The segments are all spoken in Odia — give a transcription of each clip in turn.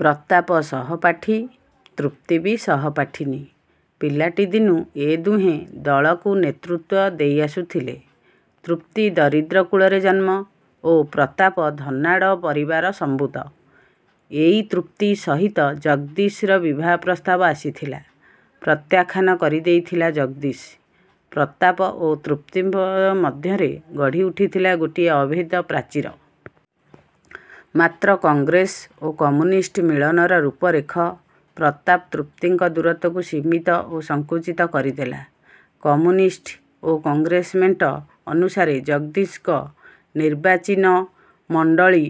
ପ୍ରତାପ ସହପାଠୀ। ତୃପ୍ତି ବି ସହପାଠିନୀ। ପିଲାଟିଦିନୁ ଏ ଦୁହେଁ ଦଳକୁ ନେତୃତ୍ୱ ଦେଇଆସୁଥିଲେ। ତୃପ୍ତି ଦରିଦ୍ର କୁଳରେ ଜନ୍ମ ଓ ପ୍ରତାପ ଧନାଢ଼୍ୟ ପରିବାର ସମ୍ଭୂତ-। ଏଇ ତୃପ୍ତି ସହିତ ଜଗଦୀଶର ବିବାହ ପ୍ରସ୍ତାବ ଆସିଥିଲା। ପ୍ରତ୍ୟାଖ୍ୟାନ କରିଦେଇଥିଲା ଜଗଦୀଶ। ପ୍ରତାପ ଓ ତୃପ୍ତିଙ୍କ ମଧ୍ୟରେ ଗଢ଼ି ଉଠିଥିଲା ଗୋଟାଏ ଅଭେଦ୍ୟ ପ୍ରାଚୀର-। ମାତ୍ର କଂଗ୍ରେସ ଓ କମ୍ୟୁନିଷ୍ଟ ମିଳନର ରୂପରେଖ ପ୍ରତାପ ତୃପ୍ତିଙ୍କ ଦୂରତ୍ୱକୁ ସୀମିତ ଓ ସଙ୍କୁଚିତ କରିଦେଲା। କମ୍ୟୁନିଷ୍ଟ ଓ କଂଗ୍ରେସ ମେଣ୍ଟ ଅନୁସାରେ ଜଗଦୀଶଙ୍କ ନିର୍ବାଚିନମଣ୍ତଳୀ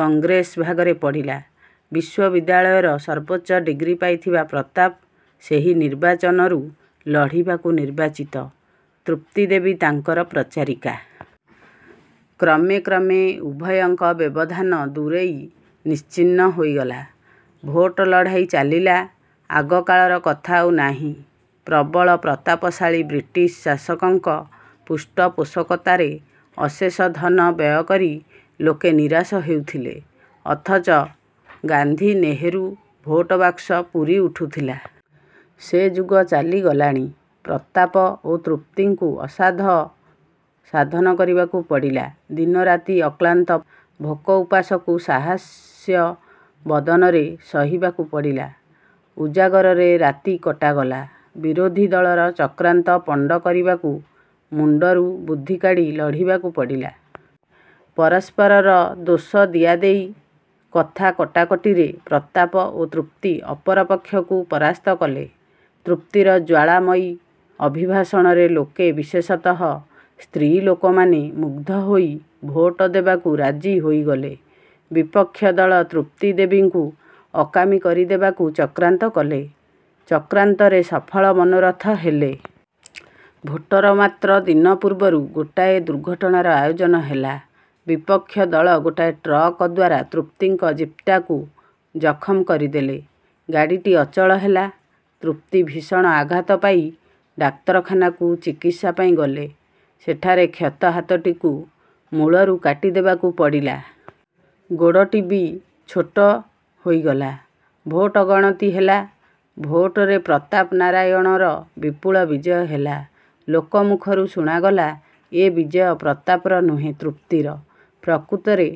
କଂଗ୍ରେସ ଭାଗରେ ପଡ଼ିଲା। ବିଶ୍ୱବିଦ୍ୟାଳୟର ସର୍ବୋଚ୍ଚ ଡ଼ିଗ୍ରୀ ପାଇଥିବା ପ୍ରତାପ ସେହି ନିର୍ବାଚନରୁ ଲଢ଼ିବାକୁ ନିର୍ବାଚିତ। ତୃପ୍ତି ଦେବୀ ତାଙ୍କର ପ୍ରଚାରିକା। କ୍ରମେ କ୍ରମେ ଉଭୟଙ୍କ ବ୍ୟବଧାନ ଦୂରେଇ ନିଶ୍ଚିହ୍ନ ହୋଇଗଲା। ଭୋଟ ଲଢ଼ାଇ ଚାଲିଲା। ଆଗକାଳର କଥା ଆଉ ନାହିଁ। ପ୍ରବଳ ପ୍ରତାପଶାଳୀ ବ୍ରିଟିଶ ଶାସକଙ୍କ ପୃଷ୍ଠପୋଷକତାରେ ଅଶେଷ ଧନ ବ୍ୟୟ କରି ଲୋକେ ନିରାଶ ହେଉଥିଲେ। ଅଥଚ 'ଗାନ୍ଧୀ' ନେହେରୁ ଭୋଟ ବାକ୍ସ ପୁରି ଉଠୁଥିଲା। ସେ ଯୁଗ ଚାଲି ଗଲାଣି। ପ୍ରତାପ ଓ ତୃପ୍ତିଙ୍କୁ ଅସାଧ୍ୟ ସାଧନ କରିବାକୁ ପଡ଼ିଲା। ଦିନ ରାତି ଅକ୍ଲାନ୍ତ ପରିଶ୍ରମ କରିବାକୁ ପଡ଼ିଲା। ଭୋକ ଉପାସକୁ ସାହାସ୍ୟ ବଦନରେ ସହିବାକୁ ପଡ଼ିଲା। ଉଜାଗରରେ ରାତି କଟାଗଲା। ବିରୋଧୀ ଦଳର ଚକ୍ରାନ୍ତ ପଣ୍ତ କରିବାକୁ ମୁଣ୍ତରୁ ବୁଦ୍ଧି କାଢ଼ି ଲଢ଼ିବାକୁ ପଡ଼ିଲା। ପରସ୍ପରର ଦୋଷ ଦିଆଦେଇ, କଥା କଟାକଟିରେ ପ୍ରତାପ ଓ ତୃପ୍ତି ଅପରପକ୍ଷକୁ ପରାସ୍ତ କଲେ। ତୃପ୍ତିର ଜ୍ୱାଳାମୟୀ ଅଭିଭାଷଣରେ ଲୋକେ ବିଶେଷତଃ ସ୍ତ୍ରୀ ଲୋକମାନେ ମୁଗ୍ଧ ହୋଇ ଭୋଟ ଦେବାକୁ ରାଜି ହୋଇଗଲେ। ବିପକ୍ଷଦଳ ତୃପ୍ତି ଦେବୀଙ୍କୁ ଅକାମୀ କରି ଦେବାକୁ। ଚକ୍ରାନ୍ତ କଲେ। ଚକ୍ରାନ୍ତରେ ସଫଳ ମନୋରଥ ହେଲେ। ଭୋଟର ମାତ୍ର ଦିନ ପୂର୍ବରୁ ଗୋଟାଏ ଦୁର୍ଘଟଣାର ଆୟୋଜନ ହେଲା-। ବିପକ୍ଷ ଦଳ ଗୋଟାଏ ଟ୍ରକ୍ ଦ୍ୱାରା ତୃପ୍ତିଙ୍କ ଜିପ୍ଟାକୁ ଜଖମ କରିଦେଲେ। ଗାଡ଼ିଟି ଅଚଳ ହେଲା-। ତୃପ୍ତି ଭୀଷଣ ଆଘାତ ପାଇ ଡାକ୍ତରଖାନାକୁ ଚିକିତ୍ସା ପାଇଁ ଗଲେ। ସେଠାରେ କ୍ଷତ ହାତଟିକୁ ମୂଳରୁ କାଟି ଦେବାକୁ ପଡ଼ିଲା। ଗୋଡ଼ଟି ବି ଛୋଟ ହୋଇଗଲା। ଭୋଟ ଗଣତି ହେଲା। ଭୋଟରେ ପ୍ରତାପ ନାରାୟଣର ବିପୁଳ ବିଜୟ ହେଲା। ଲୋକ ମୁଖରୁ ଶୁଣାଗଲା—ଏ ବିଜୟ ପ୍ରତାପର ନୁହେ ତୃପ୍ତିର। ପ୍ରକୃତରେ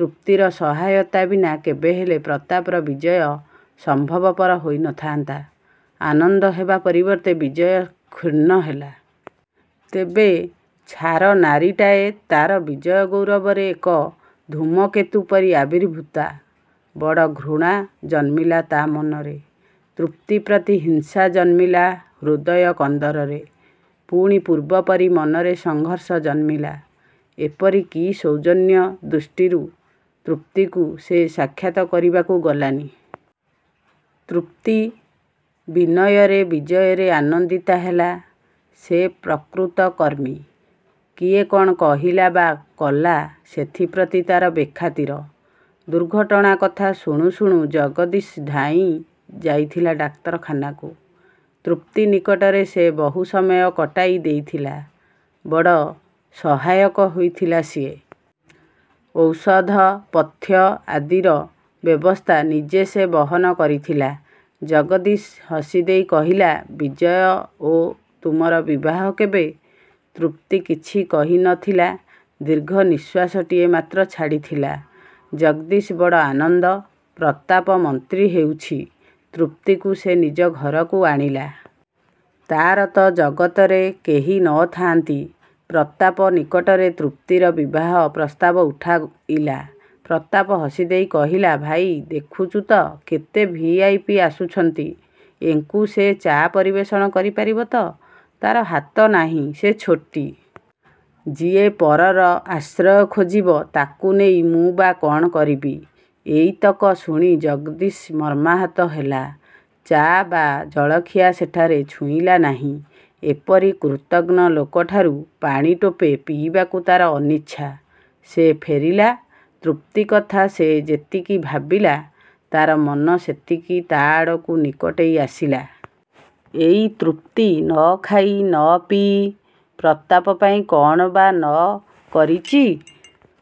ତୃପ୍ତିର ସହାୟତା ବିନା କେବେହେଲେ ପ୍ରତାପର ବିଜୟ ସମ୍ଭବ ପର ହୋଇ ନ ଥାଆନ୍ତା। ଆନନ୍ଦ ହେବା ପରିବର୍ତ୍ତେ ବିଜୟ କ୍ଷୁର୍ଣ୍ଣ ହେଲା। ତେବେ ଛାର ନାରୀଟାଏ ତାର ବିଜୟ ଗୌରବରେ ଏକ ଧୂମକେତୁ ପରି ଆବିର୍ଭୂତା। ବଡ଼ ଘୃଣା ଜନ୍ମିଲା ତା ମନରେ। ତୃପ୍ତି ପ୍ରତି ହିଂସା ଜନ୍ମିଲା ହୃଦୟ କନ୍ଦରରେ। ପୁଣି ପୂର୍ବ ପରି ମନରେ ସଂଘର୍ଷ ଜନ୍ମିଲା। ଏପରି କି ସୌଜନ୍ୟ ଦୃଷ୍ଟିରୁ ତୃପ୍ତିକୁ ସେ ସାକ୍ଷାତ କରିବାକୁ ଗଲାନି। ତୃପ୍ତି ବିନୟରେ ବିଜୟରେ ଆନନ୍ଦିତା ହେଲା। ସେ ପ୍ରକୃତ କର୍ମୀ। କିଏ କ'ଣ କହିଲା ବା କଲା ସେଥିପ୍ରତି ତାର ବେଖାତିର। ଦୁର୍ଘଟଣା କଥା ଶୁଣୁ ଶୁଣୁ ଜଗଦୀଶ ଧାଇଁ ଯାଇଥିଲା ଡାକ୍ତରଖାନାକୁ। ତୃପ୍ତି ନିକଟରେ ସେ ବହୁ ସମୟ କଟାଇ ଦେଇଥିଲା। ବଡ଼ ସହାୟକ ହୋଇଥିଲା ସିଏ। ଔଷଧ, ପଥ୍ୟ ଆଦିର ବ୍ୟବସ୍ଥା ନିଜେ ସେ ବହନ କରିଥିଲା। ଜଗଦୀଶ ହସିଦେଇ କହିଲା—ବିଜୟ ଓ ତୁମର ବିବାହ କେବେ? ତୃପ୍ତି କିଛି କହି ନ ଥିଲା। ଦୀର୍ଘ ନିଃଶ୍ୱାସଟିଏ ମାତ୍ର ଛାଡ଼ିଥିଲା। ଜଗଦୀଶ ବଡ଼ ଆନନ୍ଦ। ପ୍ରତାପ ମନ୍ତ୍ରୀ ହେଉଛି। ତୃପ୍ତିକୁ ସେ ନିଜ ଘରକୁ ଆଣିଲା। ତାର ତ ଜଗତରେ କେହି ନ ଥାଆନ୍ତି, ପ୍ରତାପ ନିକଟରେ ତୃପ୍ତିର ବିବାହ ପ୍ରସ୍ତାବ ଉଠାଇଲା। ପ୍ରତାପ ହସିଦେଲା, କହିଲା—ଭାଇ ଦେଖୁଚୁ ତ କେତେ ଭି. ଆଇ. ପି. ଆସୁଛନ୍ତି। ଏଙ୍କୁ ସେ ଚା ପରିବେଷଣ କରି ପାରିବ ତ? ତାର ହାତ ନାହିଁ, ସେ ଛୋଟୀ। ଯିଏ ପରର ଆଶ୍ରୟ ଖୋଜିବ ତାକୁ ନେଇ ମୁଁ ବା କ'ଣ କରିବି? ଏଇତକ ଶୁଣି ଜଗଦୀଶ ମର୍ମାହତ ହେଲା। ଚା ବା ଜଳଖିଆ ସେଠାରେ ଛୁଇଁଲା ନାହିଁ। ଏପରି କୃତଘ୍ନ ଲୋକଠାରୁ ପାଣି ଟୋପେ ପିଇବାକୁ ତାର ଅନିଚ୍ଛା। ସେ ଫେରିଲା। ତୃପ୍ତି କଥା ସେ ଯେତିକି ଭାବିଲା, ତାର ମନ ସେତିକି ତା ଆଡ଼କୁ ନିକଟେଇ ଆସିଲା। ଏଇ ତୃପ୍ତି, ନ ଖାଇ ନ ପିଇ, ପ୍ରତାପ ପାଇଁ କ'ଣ ବା ନ କରିଚି?